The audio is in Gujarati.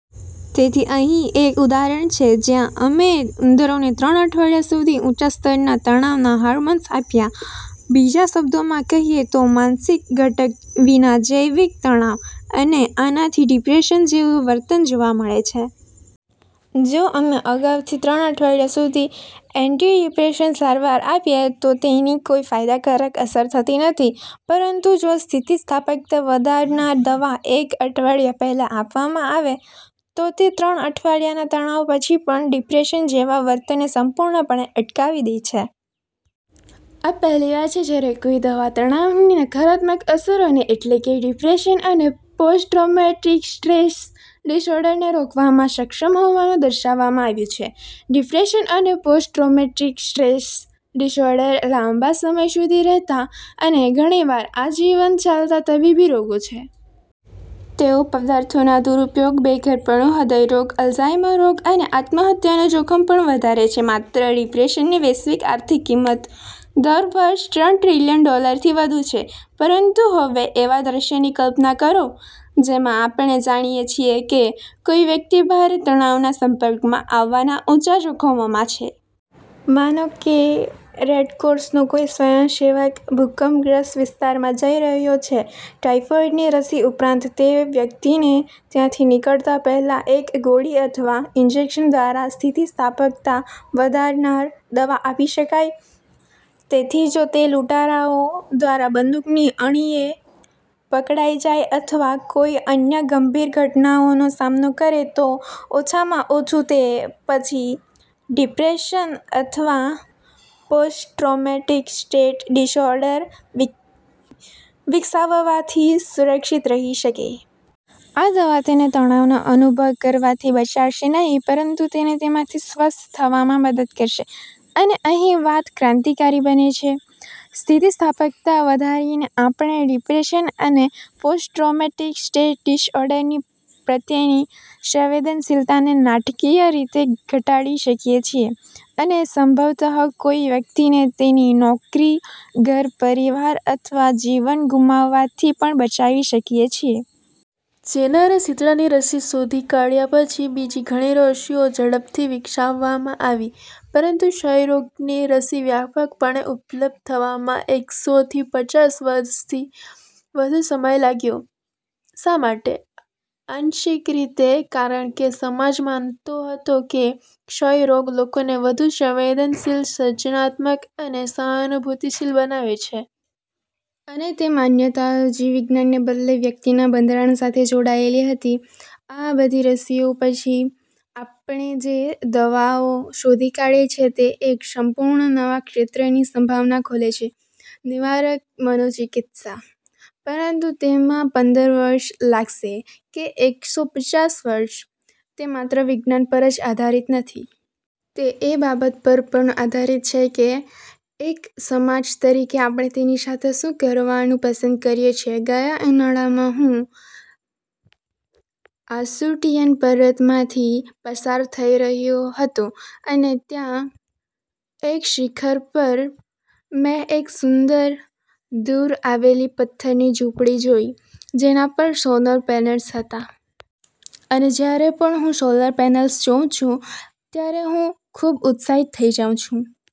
તેથી અહીં એક ઉદાહરણ છે, જ્યાં અમે ઉંદરોને ત્રણ અઠવાડિયા સુધી ઊંચા સ્તરના તણાવના હોર્મોન્સ આપ્યા. બીજા શબ્દોમાં કહીએ તો, માનસિક ઘટક વિના જૈવિક તણાવ. અને આનાથી ડિપ્રેશન જેવું વર્તન જોવા મળે છે. જો અમે અગાઉથી ત્રણ અઠવાડિયા સુધી એન્ટીડિપ્રેસન્ટ સારવાર આપીએ, તો તેની કોઈ ફાયદાકારક અસર થતી નથી. પરંતુ જો સ્થિતિસ્થાપકતા વધારનાર દવા એક અઠવાડિયા પહેલાં આપવામાં આવે, તો તે ત્રણ અઠવાડિયાના તણાવ પછી પણ ડિપ્રેશન જેવા વર્તનને સંપૂર્ણપણે અટકાવી દે છે. આ પહેલીવાર છે જ્યારે કોઈ દવા તણાવની નકારાત્મક અસરોને, એટલે કે ડિપ્રેશન અને પોસ્ટ-ટ્રોમેટિક સ્ટ્રેસ ડિસઓર્ડરને, રોકવામાં સક્ષમ હોવાનું દર્શાવવામાં આવ્યું છે. ડિપ્રેશન અને પોસ્ટ-ટ્રોમેટિક સ્ટ્રેસ ડિસઓર્ડર લાંબા સમય સુધી રહેતા અને ઘણીવાર આજીવન ચાલતા તબીબી રોગો છે. તેઓ પદાર્થોના દુરૂપયોગ, બેઘરપણું, હૃદયરોગ, અલ્ઝાઇમર રોગ અને આત્મહત્યાનું જોખમ પણ વધારે છે. માત્ર ડિપ્રેશનની વૈશ્વિક આર્થિક કિંમત દર વર્ષે ત્રણ ટ્રિલિયન ડોલરથી વધુ છે. પરંતુ હવે એવા દૃશ્યની કલ્પના કરો, જેમાં આપણે જાણીએ છીએ કે કોઈ વ્યક્તિ ભારે તણાવના સંપર્કમાં આવવાના ઊંચા જોખમમાં છે. માનો કે રેડ ક્રોસનો કોઈ સ્વયંસેવક ભૂકંપગ્રસ્ત વિસ્તારમાં જઈ રહ્યો છે. ટાઇફોઇડની રસી ઉપરાંત, તે વ્યક્તિને ત્યાંથી નીકળતા પહેલાં એક ગોળી અથવા ઇન્જેક્શન દ્વારા સ્થિતિસ્થાપકતા વધારનાર દવા આપી શકાય. તેથી જો તે લૂંટારાઓ દ્વારા બંદૂકની અણીએ પકડાઈ જાય અથવા કોઈ અન્ય ગંભીર ઘટનાનો સામનો કરે, તો ઓછામાં ઓછું તે પછી ડિપ્રેશન અથવા પોસ્ટ-ટ્રોમેટિક સ્ટ્રેસ ડિસઓર્ડર વિકસાવવાથી સુરક્ષિત રહી શકે. આ દવા તેને તણાવનો અનુભવ કરવાથી બચાવશે નહીં, પરંતુ તેને તેમાંથી સ્વસ્થ થવામાં મદદ કરશે. અને અહીં વાત ક્રાંતિકારી બને છે. સ્થિતિસ્થાપકતા વધારીને આપણે ડિપ્રેશન અને પોસ્ટ-ટ્રોમેટિક સ્ટ્રેસ ડિસઓર્ડર પ્રત્યેની સંવેદનશીલતાને નાટકીય રીતે ઘટાડી શકીએ છીએ, અને સંભવતઃ કોઈ વ્યક્તિને તેની નોકરી, ઘર, પરિવાર અથવા જીવન ગુમાવવાથી પણ બચાવી શકીએ છીએ. જેનરે શીતળાની રસી શોધી કાઢ્યા પછી બીજી ઘણી રસીઓ ઝડપથી વિકસાવવામાં આવી. પરંતુ ક્ષયરોગની રસી વ્યાપકપણે ઉપલબ્ધ થવામાં એકસોથી પચાસ વર્ષથી વધુ સમય લાગ્યો. શા માટે? આંશિક રીતે, કારણ કે સમાજ માનતો હતો કે ક્ષયરોગ લોકોને વધુ સંવેદનશીલ, સર્જનાત્મક અને સહાનુભૂતિશીલ બનાવે છે. અને તે માન્યતા જીવવિજ્ઞાનને બદલે વ્યક્તિના બંધારણ સાથે જોડાયેલી હતી. આ બધી રસીઓ પછી, આપણે જે દવાઓ શોધી કાઢી છે તે એક સંપૂર્ણ નવા ક્ષેત્રની સંભાવના ખોલે છે: નિવારક મનોચિકિત્સા. પરંતુ તેમાં પંદર વર્ષ લાગશે કે એકસો પચાસ વર્ષ, તે માત્ર વિજ્ઞાન પર આધારિત નથી. તે એ બાબત પર પણ આધારિત છે કે એક સમાજ તરીકે આપણે તેની સાથે શું કરવાનું પસંદ કરીએ છીએ. ગયા ઉનાળામાં, હું આસુટીયન પર્વતોમાંથી પસાર થઈ રહ્યો હતો અને ત્યાં, એક શિખર પર, મેં એક સુંદર, દૂર આવેલી પથ્થરની ઝૂંપડી જોઈ, જેના પર સોલર પેનલ્સ હતાં. અને જ્યારે પણ હું સોલર પેનલ્સ જોઉં છું, ત્યારે હું ખૂબ ઉત્સાહિત થઈ જાઉં છું.